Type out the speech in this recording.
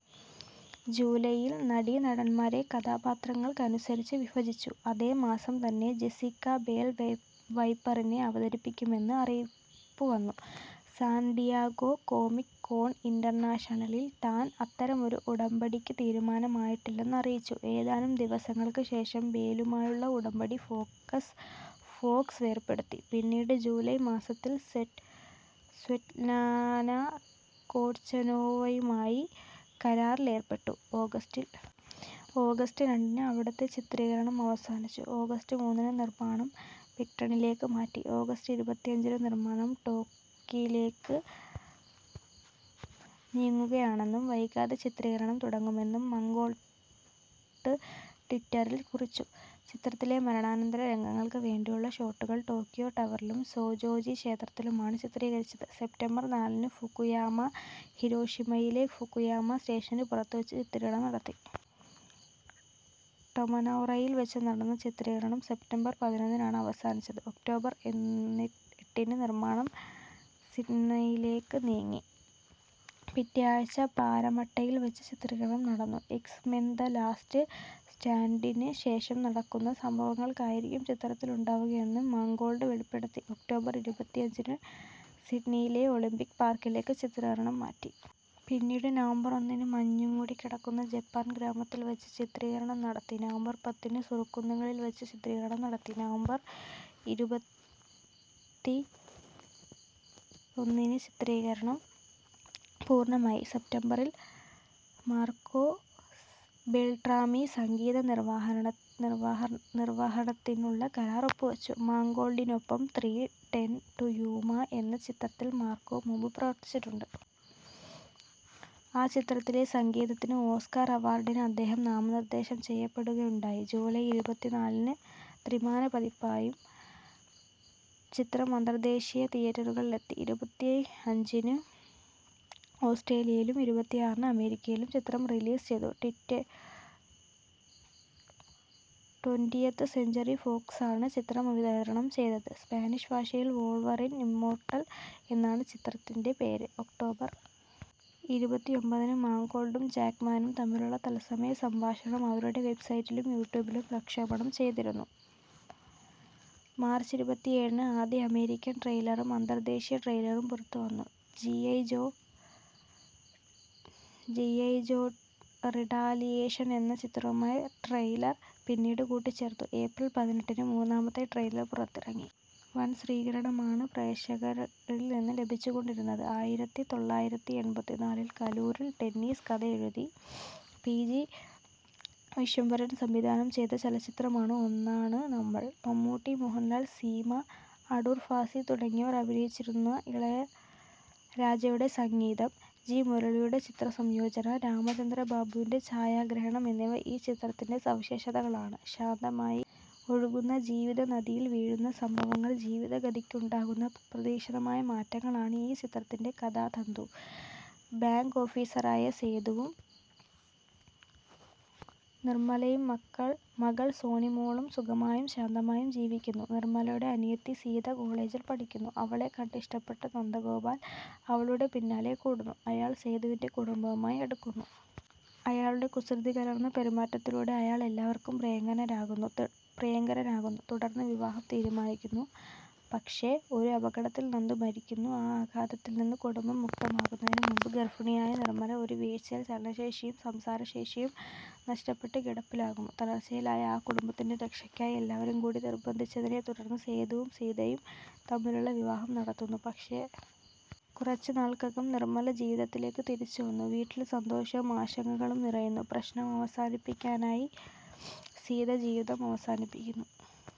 ജൂലൈയിൽ നടീനടന്മാരെ കഥാപാത്രങ്ങൾക്കനുസരിച്ച് വിഭജിച്ചു. അതേ മാസം തന്നെ ജെസ്സിക്ക ബേൽ വൈപ്പറിനെ അവതരിപ്പിക്കുമെന്ന് അറിയിപ്പുവന്നു. സാൻ ഡിയേഗോ കോമിക് കോൺ ഇന്റർനാഷണലിൽ താൻ അത്തരമൊരു ഉടമ്പടിക്ക് തീരുമാനമായിട്ടില്ലെന്ന് അറിയിച്ചു. ഏതാനും ദിവസങ്ങൾക്ക് ശേഷം ബേലുമായുള്ള ഉടമ്പടി ഫോക്സ് വേർപെടുത്തി. പിന്നീട് ജൂലൈ മാസത്തിൽ സ്വെറ്റ്ലാന കൊട്ചെനോവയുമായി കരാറിലേർപ്പെട്ടു. ഓഗസ്റ്റിൽ ഓഗസ്റ്റ് രണ്ടിന് അവിടുത്തെ ചിത്രീകരണം അവസാനിച്ചു. ഓഗസ്റ്റ് മൂന്നിന് നിർമ്മാണം പിക്ടണിലേക്ക് മാറ്റി. ഓഗസ്റ്റ് ഇരുപത്തിയഞ്ചിന് നിർമ്മാണം ടോക്കിയോയിലേക്ക് നീങ്ങുകയാണെന്നും വൈകാതെ ചിത്രീകരണം തുടങ്ങുമെന്നും മാങ്കോൾഡ് ട്വിറ്ററിൽ കുറിച്ചു. ചിത്രത്തിലെ മരണാനന്തര രംഗങ്ങൾക്ക് വേണ്ടിയുള്ള ഷോട്ടുകൾ ടോക്കിയോ ടവറിലും സോജോജി ക്ഷേത്രത്തിലുമാണ് ചിത്രീകരിച്ചത്. സെപ്റ്റംബർ നാലിന് ഫുകുയാമ, ഹിരോഷിമയിലെ ഫുകുയാമ സ്റ്റേഷനു പുറത്തുവച്ച് ചിത്രീകരണം നടത്തി. ടൊമനൗറയിൽ വച്ച് നടന്ന ചിത്രീകരണം സെപ്റ്റംബർ പതിനൊന്നിനാണ് അവസാനിച്ചത്. ഒക്ടോബർ എട്ടിന് നിർമ്മാണം സിഡ്നിയിലേക്ക് നീങ്ങി. പിറ്റേ ആഴ്ച പാരമട്ടയിൽ വച്ച് ചിത്രീകരണം നടന്നു. എക്സ് മെൻ ദ ലാസ്റ്റ് സ്റ്റാൻഡിന് ശേഷം നടക്കുന്ന സംഭവങ്ങളായിരിക്കും ചിത്രത്തിലുണ്ടാവുകയെന്ന് മാങ്കോൾഡ് വെളിപ്പെടുത്തി. ഒക്ടോബർ ഇരുപത്തിയഞ്ചിന് സിഡ്നിയിലെ ഒളിമ്പിക് പാർക്കിലേക്ക് ചിത്രീകരണം മാറ്റി. പിന്നീട് നവംബർ ഒന്നിന് മഞ്ഞുമൂടിക്കിടക്കുന്ന ജപ്പാൻ ഗ്രാമത്തിൽ വച്ച് ചിത്രീകരണം നടത്തി. നവംബർ പത്തിന് സുറി കുന്നുകളിൽ വച്ച് ചിത്രീകരണം നടത്തി. നവംബർ ഇരുപത്തിയൊന്നിന് ചിത്രീകരണം പൂർണമായി. സെപ്റ്റംബറിൽ മാർക്കോ ബെൽട്രാമി സംഗീത നിർവഹണത്തിനുള്ള കരാർ ഒപ്പുവച്ചു. മാങ്കോൾഡിനൊപ്പം ത്രീ ടെൻ ടു യൂമ എന്ന ചിത്രത്തിൽ മാർക്കോ മുമ്പ് പ്രവർത്തിച്ചിട്ടുണ്ട്. ആ ചിത്രത്തിലെ സംഗീതത്തിന് ഓസ്കർ അവാർഡിന് അദ്ദേഹം നാമനിർദ്ദേശം ചെയ്യപ്പെടുകയുണ്ടായി. ജൂലൈ ഇരുപത്തിനാലിന് ത്രിമാന പതിപ്പായും ചിത്രം അന്തർദേശീയ തിയേറ്ററുകളിലെത്തി. ഇരുപത്തിയഞ്ചിന് ഓസ്ട്രേലിയയിലും ഇരുപത്തിയാറിന് അമേരിക്കയിലും ചിത്രം റിലീസ് ചെയ്തു. ട്വന്റിയത്ത് സെഞ്ച്വറി ഫോക്സാണ് ചിത്രം വിതരണം ചെയ്തത്. സ്പാനിഷ് ഭാഷയിൽ വോൾവറിൻ ഇമ്മോർട്ടൽ എന്നാണ് ചിത്രത്തിൻ്റെ പേര്. ഒക്ടോബർ ഇരുപത്തിയൊമ്പതിന് മാങ്കോൾഡും ജാക്ക്മാനും തമ്മിലുള്ള തത്സമയ സംഭാഷണം അവരുടെ വെബ്സൈറ്റിലും യൂട്യൂബിലും പ്രക്ഷേപണം ചെയ്തിരുന്നു. മാർച്ച് ഇരുപത്തിയേഴിന് ആദ്യ അമേരിക്കൻ ട്രെയിലറും അന്തർദേശീയ ട്രെയിലറും പുറത്തുവന്നു. ജി ഐ ജോ റിടാലിയേഷൻ എന്ന ചിത്രവുമായി ട്രെയിലർ പിന്നീട് കൂട്ടിച്ചേർത്തു. ഏപ്രിൽ പതിനെട്ടിന് മൂന്നാമത്തെ ട്രെയിലർ പുറത്തിറങ്ങി. വൻ സ്വീകരണമാണ് പ്രേക്ഷകരിൽ നിന്ന് ലഭിച്ചുകൊണ്ടിരുന്നത്. ആയിരത്തി തൊള്ളായിരത്തി എൺപത്തിനാലിൽ കലൂർ ഡെന്നീസ് കഥയെഴുതി പി ജി വിശ്വംഭരൻ സംവിധാനം ചെയ്ത ചലച്ചിത്രമാണ് ഒന്നാണു നമ്മൾ. മമ്മൂട്ടി, മോഹൻലാൽ, സീമ, അടൂർ ഭാസി തുടങ്ങിയവർ അഭിനയിച്ചിരിക്കുന്നു. ഇളയരാജയുടെ സംഗീതം, ജി മുരളിയുടെ ചിത്രസംയോജനം, രാമചന്ദ്രബാബുവിൻ്റെ ഛായാഗ്രഹണം എന്നിവ ഈ ചിത്രത്തിൻ്റെ സവിശേഷതകളാണ്. ശാന്തമായി ഒഴുകുന്ന ജീവിതനദിയിൽ വീഴുന്ന സംഭവങ്ങൾ ജീവിതഗതിക്കുണ്ടാക്കുന്ന അപ്രതീക്ഷിത മാറ്റങ്ങളാണ് ഈ ചിത്രത്തിൻ്റെ കഥാതന്തു. ബാങ്ക് ഓഫീസറായ സേതുവും നിർമ്മലയും മകൾ സോണിമോളും സുഖമായും ശാന്തമായും ജീവിക്കുന്നു. നിർമ്മലയുടെ അനിയത്തി സീത കോളജിൽ പഠിക്കുന്നു. അവളെ കണ്ട് ഇഷ്ടപ്പെട്ട നന്ദഗോപാൽ അവളുടെ പിന്നാലെ കൂടുന്നു. അയാൾ സേതുവിൻ്റെ കുടുംബവുമായി അടുക്കുന്നു. അയാളുടെ കുസൃതികലർന്ന പെരുമാറ്റത്തിലൂടെ അയാൾ എല്ലാവർക്കും പ്രിയങ്കരനാകുന്നു. തുടർന്ന് വിവാഹം തീരുമാനിക്കുന്നു. പക്ഷേ ഒരു അപകടത്തിൽ നന്ദു മരിക്കുന്നു. ആ ആഘാതത്തിൽ നിന്ന് കുടുംബം മുക്തമാകുന്നതിന് മുമ്പ് ഗർഭിണിയായ നിർമ്മല ഒരു വീഴ്ചയിൽ ചലനശേഷിയും സംസാരശേഷിയും നഷ്ടപ്പെട്ട് കിടപ്പിലാകുന്നു. തളർച്ചയിലായ ആ കുടുംബത്തിൻ്റെ രക്ഷയ്ക്കായി എല്ലാവരും കൂടി നിർബന്ധിച്ചതിനെ തുടർന്ന് സേതുവും സീതയും തമ്മിലുള്ള വിവാഹം നടത്തുന്നു. പക്ഷേ കുറച്ച് നാൾക്കകം നിർമ്മല ജീവിതത്തിലേക്ക് തിരിച്ചുവരുന്നു. വീട്ടിൽ സന്തോഷവും ആശങ്കകളും നിറയുന്നു. പ്രശ്നം അവസാനിപ്പിക്കാനായി സീത ജീവിതം അവസാനിപ്പിക്കുന്നു